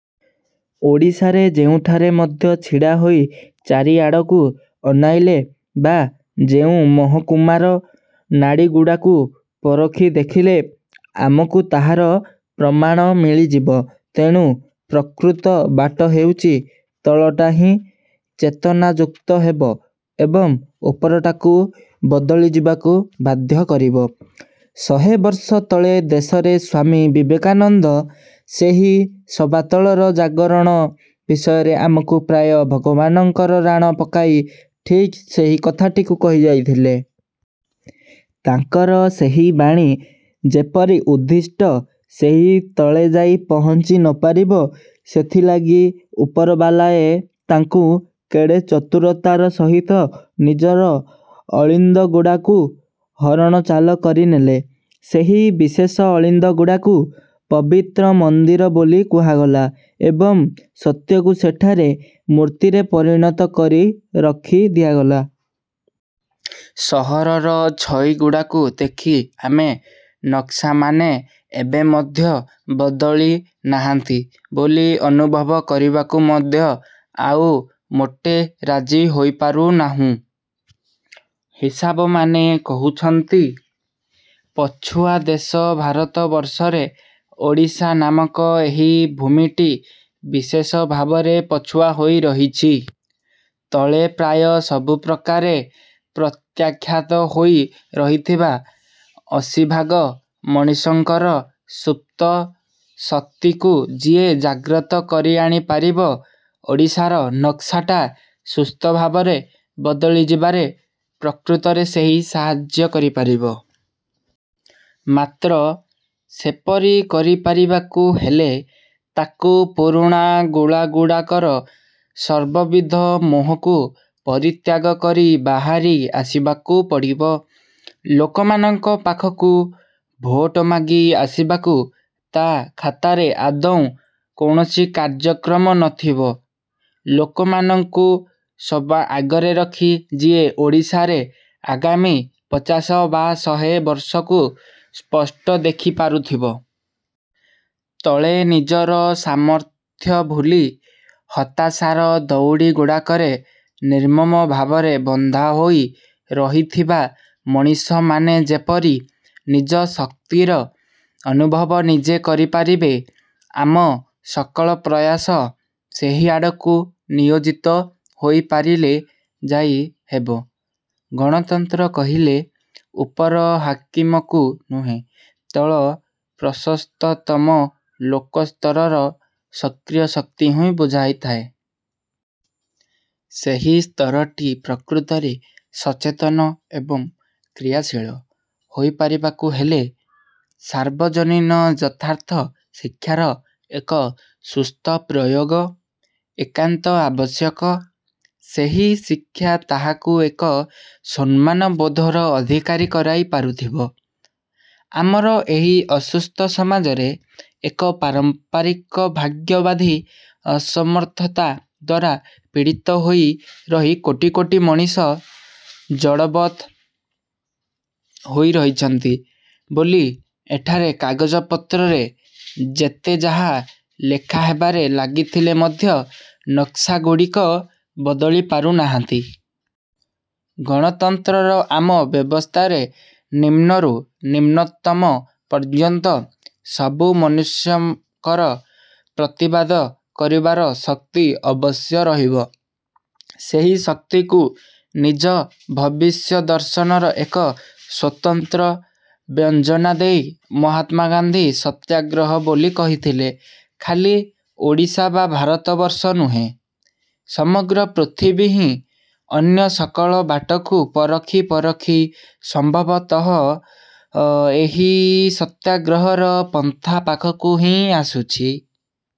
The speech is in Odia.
ଓଡ଼ିଶାରେ ଯେଉଁଠାରେ ମଧ୍ୟ ଛିଡ଼ା ହୋଇ ଚାରିଆଡ଼କୁ ଅନାଇଲେ ବା ଯେଉଁ ମହକୁମାର ନାଡ଼ିଗୁଡ଼ାକୁ ପରଖି ଦେଖିଲେ ଆମକୁ ତାହାର ପ୍ରମାଣ ମିଳିଯିବ। ତେଣୁ, ପ୍ରକୃତ ବାଟ ହେଉଛି, ତଳଟା ହିଁ ଚେତନାଯୁକ୍ତ ହେବ ଏବଂ ଉପରଟାକୁ ବଦଳି ଯିବାକୁ ବାଧ୍ୟ କରିବ। ଶହେବର୍ଷ ତଳେ ଦେଶରେ ସ୍ୱାମୀ ବିବେକାନନ୍ଦ ସେହି ସବାତଳର ଜାଗରଣ ବିଷୟରେ ଆମକୁ ପ୍ରାୟ ଭଗବାନଙ୍କର ରାଣ ପକାଇ ଠିକ୍ ସେହି କଥାଟିକୁ କହି ଯାଇଥିଲେ। ତାଙ୍କର ସେହି ବାଣୀ। ଯେପରି ଉଦ୍ଦିଷ୍ଟ ସେହି ତଳେ ଯାଇ ପହଞ୍ଚି ନପାରିବ, ସେଥିଲାଗି ଉପରବାଲାଏ ତାଙ୍କୁ କେଡ଼େ ଚତୁରତାର ସହିତ ନିଜର ଅଳିନ୍ଦଗୁଡ଼ାକୁ ହରଣଚାଳ କରିନେଲେ। ସେହି ବିଶେଷ ଅଳିନ୍ଦଗୁଡ଼ାକୁ ପବିତ୍ର ମନ୍ଦିର ବୋଲି କୁହାଗଲା ଏବଂ ସତ୍ୟକୁ ସେଠାରେ ମୂର୍ତ୍ତିରେ ପରିଣତ କରି ରଖି ଦିଆଗଲା। ସହରର ଛଇଗୁଡ଼ାକୁ ଦେଖି ଆମେ ନକ୍ସାମାନେ ଏବେ ମଧ୍ୟ ବଦଳି ନାହାନ୍ତି ବୋଲି ଅନୁଭବ କରିବାକୁ ମଧ୍ୟ ଆଉ ମୋଟେ ରାଜି ହୋଇପାରୁ ନାହୁଁ। ହିସାବମାନେ କହୁଛନ୍ତି, ପଛୁଆ ଦେଶ ଭାରତବର୍ଷରେ ଓଡ଼ିଶା ନାମକ ଏହି ଭୂମିଟି ବିଶେଷ ଭାବରେ ପଛୁଆ ହୋଇ ରହିଛି। ତଳେ ପ୍ରାୟ ସବୁପ୍ରକାରେ ପ୍ରତ୍ୟାଖ୍ୟାତ ହୋଇ ରହିଥିବା ଅଶୀଭାଗ ମଣିଷଙ୍କର ସୁପ୍ତ ଶକ୍ତିକୁ ଯିଏ ଜାଗ୍ରତ କରିଆଣି ପାରିବ, ଓଡ଼ିଶାର ନକ୍ସାଟା ସୁସ୍ଥ ଭାବରେ ବଦଳି ଯିବାରେ ପ୍ରକୃତରେ ସେଇ ସାହାଯ୍ୟ କରିପାରିବ। ମାତ୍ର, ସେପରି କରିପାରିବାକୁ ହେଲେ ତାକୁ ପୁରୁଣା ଗୁଳାଗୁଡ଼ାକର ସର୍ବବିଧ ମୋହକୁ ପରିତ୍ୟାଗ କରି ବାହାରି ଆସିବାକୁ ପଡ଼ିବ। ଲୋକମାନଙ୍କ ପାଖକୁ ଭୋଟ ମାଗି ଆସିବାକୁ ତା' ଖାତାରେ ଆଦୌ କୌଣସି କାର୍ଯ୍ୟକ୍ରମ ନଥିବ। ଲୋକମାନଙ୍କୁ ସବାଆଗରେ ରଖି ଯିଏ ଓଡ଼ିଶାରେ ଆଗାମୀ ପଚାଶ ବା ଶହେ ବର୍ଷକୁ ସ୍ପଷ୍ଟ ଦେଖି ପାରୁଥିବ। ତଳେ ନିଜର ସାମର୍ଥ୍ୟ ଭୁଲି ହତାଶାର ଦଉଡ଼ିଗୁଡ଼ାକରେ ନିର୍ମମ ଭାବରେ ବନ୍ଧାହୋଇ ରହିଥିବା ମଣିଷମାନେ ଯେପରି ନିଜ ଶକ୍ତିର ଅନୁଭବ ନିଜେ କରିପାରିବେ, ଆମ ସକଳ ପ୍ରୟାସ ସେହିଆଡ଼କୁ ନିୟୋଜିତ ହୋଇପାରିଲେ ଯାଇ ହେବ। ଗଣତନ୍ତ୍ର କହିଲେ ଉପର ହାକିମକୁ ନୁହେଁ, ତଳ ପ୍ରଶସ୍ତତମ ଲୋକସ୍ତରର ସକ୍ରିୟ ଶକ୍ତିକୁ ହିଁ ବୁଝାଇବ। ସେହି ସ୍ତରଟି ପ୍ରକୃତରେ ସଚେତନ ଏବଂ କ୍ରିୟାଶୀଳ ହୋଇପାରିବାକୁ ହେଲେ ,ସାର୍ବଜନୀନ ଯଥାର୍ଥ ଶିକ୍ଷାର ଏକ ସୁସ୍ଥ ପ୍ରୟୋଗ ଏକାନ୍ତ ଆବଶ୍ୟକ। ସେହି ଶିକ୍ଷା ତାହାକୁ ଏକ ସମ୍ମାନବୋଧର ଅଧିକାରୀ କରାଇ ପାରୁଥିବ। ଆମର ଏହି ଅସୁସ୍ଥ ସମାଜରେ ଏକ ପାରମ୍ପରିକ ଭାଗ୍ୟବାଦୀ ଅସମର୍ଥତା ଦ୍ଵାରା ପୀଡ଼ିତ ହୋଇ ରହି କୋଟି କୋଟି ମଣିଷ ଜଡ଼ବତ୍ ହୋଇ ରହିଛନ୍ତି, ବୋଲି ଏଠାରେ କାଗଜପତ୍ରରେ ଯେତେଯାହା ଲେଖାହେବାରେ ଲାଗିଥିଲେ ମଧ୍ୟ ନକ୍ସାଗୁଡ଼ିକ ବଦଳି ପାରୁନାହାନ୍ତି। ଗଣତନ୍ତ୍ରର ଆମ ବ୍ୟବସ୍ଥାରେ ନିମ୍ନରୁ ନିମ୍ନତମ ପର୍ଯ୍ୟନ୍ତ ସବୁ ମନୁଷ୍ୟଙ୍କର ପ୍ରତିବାଦ କରିବାର ଶକ୍ତି ଅବଶ୍ୟ ରହିବ। ସେହି ଶକ୍ତିକୁ ନିଜ ଭବିଷ୍ୟଦର୍ଶନର ଏକ ସ୍ୱତନ୍ତ୍ର ବ୍ୟଞ୍ଜନା ଦେଇ ମହାତ୍ମା ଗାନ୍ଧୀ ସତ୍ୟାଗ୍ରହ ବୋଲି କହିଥିଲେ। ଖାଲି ଓଡ଼ିଶା ବା ଭାରତବର୍ଷ ନୁହେଁ, ସମଗ୍ର ପୃଥବୀ ହିଁ ଅନ୍ୟ ସକଳ ବାଟକୁ ପରଖି ପରଖି ସମ୍ଭବତଃ ଏହି ସତ୍ୟାଗ୍ରହର ପନ୍ଥା ପାଖକୁ ହିଁ ଆସୁଛି।